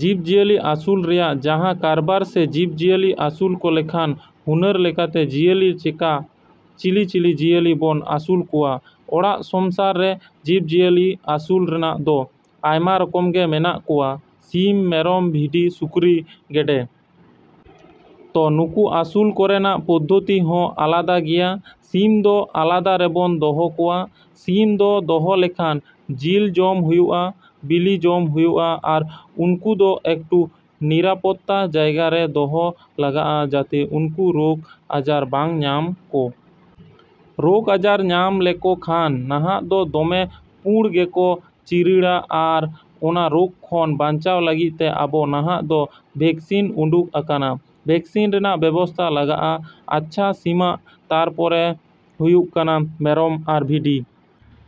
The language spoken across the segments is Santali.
ᱡᱤᱵᱽ ᱡᱤᱭᱟᱹᱞᱤ ᱟᱹᱥᱩᱞ ᱨᱮᱭᱟᱜ ᱡᱟᱦᱟᱸ ᱠᱟᱨᱵᱟᱨ ᱥᱮ ᱡᱤᱵᱽ ᱡᱤᱭᱟᱹᱞᱤ ᱟᱹᱥᱩᱞ ᱠᱚ ᱞᱮᱠᱷᱟᱱ ᱦᱩᱱᱟᱹᱨ ᱞᱮᱠᱟᱛᱮ ᱡᱤᱭᱟᱹᱞᱤ ᱪᱮᱠᱟ, ᱪᱤᱞᱤᱼᱪᱤᱞᱤ ᱡᱤᱭᱟᱹᱞᱤ ᱵᱚᱱ ᱟᱹᱥᱩᱞ ᱠᱚᱣᱟ? ᱚᱲᱟᱜ ᱥᱚᱢᱥᱟᱨ ᱨᱮ ᱡᱤᱵᱽᱼᱡᱤᱭᱟᱹᱞᱤ ᱟᱹᱥᱩᱞ ᱨᱮᱱᱟᱜ ᱫᱚ ᱟᱭᱢᱟ ᱨᱚᱠᱚᱢ ᱜᱮ ᱢᱮᱱᱟᱜ ᱠᱚᱣᱟ: ᱥᱤᱢ, ᱢᱮᱨᱚᱢ, ᱵᱷᱤᱰᱤ, ᱥᱩᱠᱨᱤ, ᱜᱮᱰᱮ᱾ ᱛᱚ ᱱᱩᱠᱩ ᱟᱹᱥᱩᱞ ᱠᱚᱨᱮᱱᱟᱜ ᱯᱚᱫᱽᱫᱷᱚᱛᱤ ᱦᱚᱸ ᱟᱞᱟᱫᱟ ᱜᱮᱭᱟ᱾ ᱥᱤᱢ ᱫᱚ ᱟᱞᱟᱫᱟ ᱨᱮᱵᱚᱱ ᱫᱚᱦᱚ ᱠᱚᱣᱟ᱾ ᱥᱤᱢ ᱫᱚ ᱫᱚᱦᱚ ᱞᱮᱠᱷᱟᱱ ᱡᱤᱞ ᱡᱚᱢ ᱦᱩᱭᱩᱜᱼᱟ, ᱵᱤᱞᱤ ᱡᱚᱢ ᱦᱩᱭᱩᱜᱼᱟ᱾ ᱟᱨ ᱩᱱᱠᱩ ᱫᱚ ᱮᱠᱴᱩ ᱱᱤᱨᱟᱯᱚᱛᱛᱟ ᱡᱟᱭᱜᱟ ᱨᱮ ᱫᱚᱦᱚ ᱞᱟᱜᱟᱜᱼᱟ, ᱡᱟᱛᱮ ᱩᱱᱠᱩ ᱨᱳᱜᱽ ᱟᱡᱟᱨ ᱵᱟᱝ ᱧᱟᱢ ᱠᱚ᱾ ᱨᱳᱜᱽ ᱟᱡᱟᱨ ᱧᱟᱢ ᱞᱮᱠᱚ ᱠᱷᱟᱱ ᱱᱟᱦᱟᱜ ᱫᱚ ᱫᱚᱢᱮ ᱯᱩᱬ ᱜᱮᱠᱚ ᱪᱤᱨᱤᱲᱟ᱾ ᱟᱨ ᱚᱱᱟ ᱨᱳᱜᱽ ᱠᱷᱚᱱ ᱵᱟᱧᱪᱟᱣ ᱞᱟᱹᱜᱤᱫ ᱛᱮ ᱟᱵᱚ ᱱᱟᱦᱟᱜ ᱫᱚ ᱵᱷᱮᱠᱥᱤᱱ ᱩᱰᱩᱠ ᱟᱠᱟᱱᱟ, ᱵᱷᱮᱠᱥᱤᱱ ᱨᱮᱱᱟᱜ ᱵᱮᱵᱚᱥᱛᱟ ᱞᱟᱜᱟᱜᱼᱟ᱾ ᱟᱪᱪᱷᱟ, ᱥᱤᱢᱟᱜ, ᱛᱟᱨᱯᱚᱨᱮ ᱦᱩᱭᱩᱜ ᱠᱟᱱᱟ ᱢᱮᱨᱚᱢ ᱟᱨ ᱵᱷᱤᱰᱤ᱾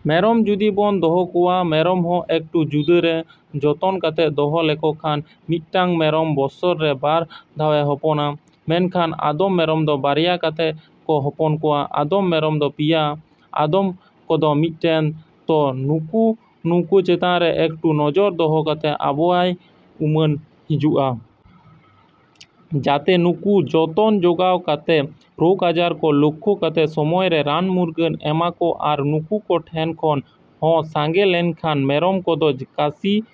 ᱢᱮᱨᱚᱢ ᱡᱩᱫᱤ ᱵᱚᱱ ᱫᱚᱦᱚ ᱠᱚᱣᱟ, ᱢᱮᱨᱚᱢ ᱦᱚᱸ ᱮᱠᱴᱩ ᱡᱩᱫᱟᱹᱨᱮ ᱡᱚᱛᱚᱱ ᱠᱟᱛᱮ ᱫᱚᱦᱚ ᱞᱮᱠᱚ ᱠᱷᱟᱱ ᱢᱤᱫᱴᱮᱱ ᱢᱮᱨᱚᱢ ᱵᱚᱥᱚᱨ ᱨᱮ ᱵᱟᱨ ᱫᱷᱟᱣᱮ ᱦᱚᱯᱚᱱᱚᱜᱼᱟ᱾ ᱢᱮᱱᱠᱷᱟᱱ ᱟᱫᱚᱢ ᱢᱮᱨᱚᱢ ᱫᱚ ᱵᱟᱨᱭᱟ ᱠᱟᱛᱮ ᱠᱚ ᱦᱚᱯᱚᱱ ᱠᱚᱣᱟ, ᱟᱫᱚᱢ ᱢᱮᱨᱚᱢ ᱫᱚ ᱯᱮᱭᱟ, ᱟᱫᱚᱢ ᱠᱚᱫᱚ ᱢᱤᱫᱴᱮᱱ ᱛᱚ, ᱱᱩᱜᱼᱩ ᱱᱩᱠᱩ ᱪᱮᱛᱟᱱ ᱨᱮ ᱮᱠᱴᱩ ᱱᱚᱡᱚᱨ ᱫᱚᱦᱚ ᱠᱟᱛᱮ ᱟᱵᱚᱣᱟᱭ ᱩᱢᱟᱹᱱ ᱦᱤᱡᱩᱜᱼᱟ᱾ ᱡᱟᱛᱷᱮ ᱱᱩᱠᱩ ᱡᱚᱛᱚᱱ ᱡᱚᱜᱟᱣ ᱠᱟᱛᱮ ᱨᱳᱜᱽ ᱟᱡᱟᱨ ᱠᱚ ᱞᱳᱠᱠᱷᱳ ᱠᱟᱛᱮ ᱥᱚᱢᱚᱭ ᱨᱮ ᱨᱟᱱᱼᱢᱩᱨᱜᱟᱹᱱ ᱮᱢᱟᱠᱚ ᱟᱨ ᱩᱱᱠᱩ ᱠᱚ ᱴᱷᱮᱱ ᱠᱷᱚᱱ ᱦᱚᱸ ᱥᱟᱸᱜᱮ ᱞᱮᱱᱠᱷᱟᱱ ᱢᱮᱨᱚᱢ ᱠᱚᱫᱚ ᱠᱷᱟᱹᱥᱤ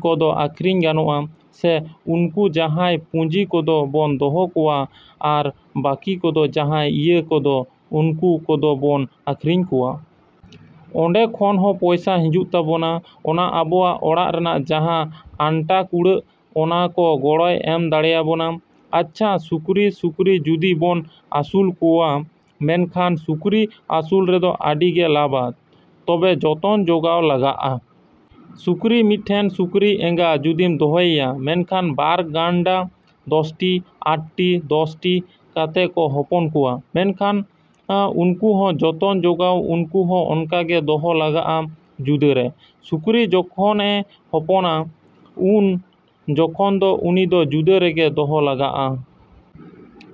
ᱠᱚᱫᱚ ᱟᱹᱠᱷᱨᱤᱧ ᱜᱟᱱᱚᱜᱼᱟ᱾ ᱥᱮ ᱩᱱᱠᱩ ᱡᱟᱦᱟᱸᱭ ᱯᱩᱸᱡᱤ ᱠᱚᱫᱚ ᱵᱚᱱ ᱫᱚᱦᱚ ᱠᱚᱣᱟ ᱟᱨ ᱵᱟᱹᱠᱤ ᱠᱚᱫᱚ ᱡᱟᱦᱟᱸᱭ ᱤᱭᱟᱹ ᱠᱚᱫᱚ ᱩᱱᱠᱩ ᱠᱚᱫᱚ ᱵᱚᱱ ᱟᱹᱠᱷᱨᱤᱧ ᱠᱚᱣᱟ᱾ ᱚᱸᱰᱮ ᱠᱷᱚᱱ ᱦᱚᱸ ᱯᱚᱭᱥᱟ ᱦᱤᱡᱩᱜ ᱛᱟᱵᱚᱱᱟ᱾ ᱚᱱᱟ ᱟᱵᱚᱣᱟᱜ ᱚᱲᱟᱜ ᱨᱮᱱᱟᱜ ᱡᱟᱦᱟᱸ ᱟᱱᱴᱟ ᱠᱩᱲᱟᱜ ᱚᱱᱟ ᱠᱚ ᱜᱚᱲᱚᱭ ᱮᱢ ᱫᱟᱲᱮᱭᱟᱵᱚᱱᱟ᱾ ᱟᱪᱪᱷᱟ, ᱥᱩᱠᱨᱤ, ᱥᱩᱠᱨᱤ ᱡᱩᱫᱤ ᱵᱚᱱ ᱟᱹᱥᱩᱞ ᱠᱚᱣᱟ ᱢᱮᱱᱠᱷᱟᱱ ᱥᱩᱠᱨᱤ ᱟᱹᱥᱩᱞ ᱨᱮᱫᱚ ᱟᱹᱰᱤ ᱜᱮ ᱞᱟᱵᱟ᱾ ᱛᱚᱵᱮ ᱡᱚᱛᱚᱱ ᱡᱚᱜᱟᱣ ᱞᱟᱜᱟᱜᱼᱟ᱾ ᱥᱩᱠᱨᱤ ᱢᱤᱫᱴᱮᱱ ᱥᱩᱠᱨᱤ ᱮᱸᱜᱟ ᱡᱩᱫᱤᱢ ᱫᱚᱦᱚᱭᱮᱭᱟ ᱢᱮᱱᱠᱷᱟᱱ ᱵᱟᱨ ᱜᱟᱱᱰᱟ, ᱫᱚᱥ ᱴᱤ, ᱟᱴ ᱴᱤ, ᱫᱚᱥ ᱴᱤ ᱠᱟᱛᱮ ᱠᱚ ᱦᱚᱯᱚᱱ ᱠᱚᱣᱟ᱾ ᱢᱮᱱᱠᱷᱟᱱ ᱩᱱᱠᱩ ᱦᱚᱸ ᱡᱚᱛᱚᱱ ᱡᱚᱜᱟᱣ ᱩᱱᱠᱩ ᱦᱚᱸ ᱚᱱᱠᱟ ᱜᱮ ᱫᱚᱦᱚ ᱞᱟᱜᱟᱜᱼᱟ ᱡᱩᱫᱟᱹᱨᱮ᱾ ᱥᱩᱠᱨᱤ ᱡᱚᱠᱷᱚᱱᱮ ᱦᱚᱯᱚᱱᱚᱜᱼᱟ ᱩᱱ ᱡᱚᱠᱷᱚᱱ ᱫᱚ ᱩᱱᱤ ᱫᱚ ᱡᱩᱫᱟᱹ ᱨᱮᱜᱮ ᱫᱚᱦᱚ ᱞᱟᱜᱟᱜᱼᱟ᱾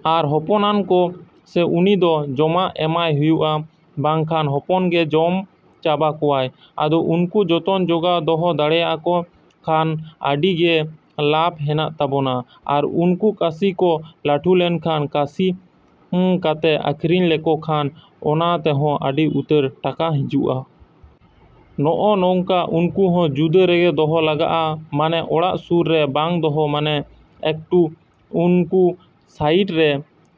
ᱟᱨ ᱦᱚᱯᱚᱱᱟᱠᱟᱱ ᱥᱮ ᱩᱱᱤ ᱫᱚ ᱡᱚᱢᱟᱜ ᱮᱢᱟᱭ ᱦᱩᱭᱩᱜᱼᱟ ᱵᱟᱠᱷᱟᱱ ᱦᱚᱯᱚᱱ ᱜᱮ ᱡᱚᱢ ᱪᱟᱵᱟ ᱠᱚᱣᱟᱭ᱾ ᱟᱫᱚ ᱩᱱᱠᱩ ᱡᱚᱛᱚᱱ ᱡᱚᱜᱟᱣ ᱫᱚᱦᱚ ᱫᱟᱲᱮᱭᱟᱠᱚ ᱠᱷᱟᱱ ᱟᱹᱰᱤ ᱜᱮ ᱞᱟᱵᱽ ᱦᱮᱱᱟᱜ ᱛᱟᱵᱚᱱᱟ᱾ ᱟᱨ ᱩᱱᱠᱩ ᱠᱷᱟᱹᱥᱤ ᱠᱚ ᱞᱟᱹᱴᱩ ᱞᱮᱱᱠᱷᱟᱱ ᱠᱷᱟᱹᱥᱤ ᱠᱟᱛᱮ ᱟᱹᱠᱷᱨᱤᱧ ᱞᱮᱠᱚ ᱠᱷᱟᱱ ᱚᱱᱟ ᱛᱮᱦᱚᱸ ᱟᱹᱰᱤ ᱩᱛᱟᱹᱨ ᱴᱟᱠᱟ ᱦᱤᱡᱩᱜᱼᱟ᱾ ᱱᱚᱜᱼᱚ ᱱᱚᱝᱠᱟ ᱩᱱᱠᱩ ᱦᱚᱸ ᱡᱩᱫᱟᱹ ᱨᱮᱜᱮ ᱫᱚᱦᱚ ᱞᱟᱜᱟᱜᱼᱟ᱾ ᱢᱟᱱᱮ ᱚᱲᱟᱜ ᱥᱩᱨ ᱨᱮ ᱵᱟᱝ ᱫᱚᱦᱚ ᱢᱟᱱᱮ ᱮᱠ ᱴᱩᱠᱩ ᱚᱱᱟ ᱥᱟᱭᱤᱰ ᱨᱮ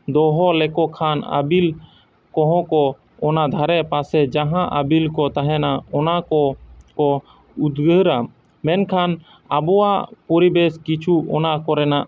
ᱫᱚᱦᱚ ᱞᱮᱠᱚ ᱠᱷᱟᱱ ᱟᱹᱵᱤᱞ ᱠᱚᱦᱚᱸ ᱠᱚ ᱚᱱᱟ ᱫᱷᱟᱨᱮ ᱯᱟᱥᱮ ᱡᱟᱦᱟᱸ ᱟᱹᱵᱤᱞ ᱠᱚ ᱛᱟᱦᱮᱱᱟ ᱚᱱᱟ ᱠᱚᱠᱚ ᱩᱫᱽᱫᱷᱟᱹᱨᱟ᱾ ᱢᱮᱱᱠᱷᱟᱱ ᱟᱵᱚᱣᱟᱜ ᱯᱚᱨᱤᱵᱮᱥ ᱠᱤᱪᱷᱩ ᱚᱱᱟ ᱠᱚᱨᱮᱱᱟᱜ᱾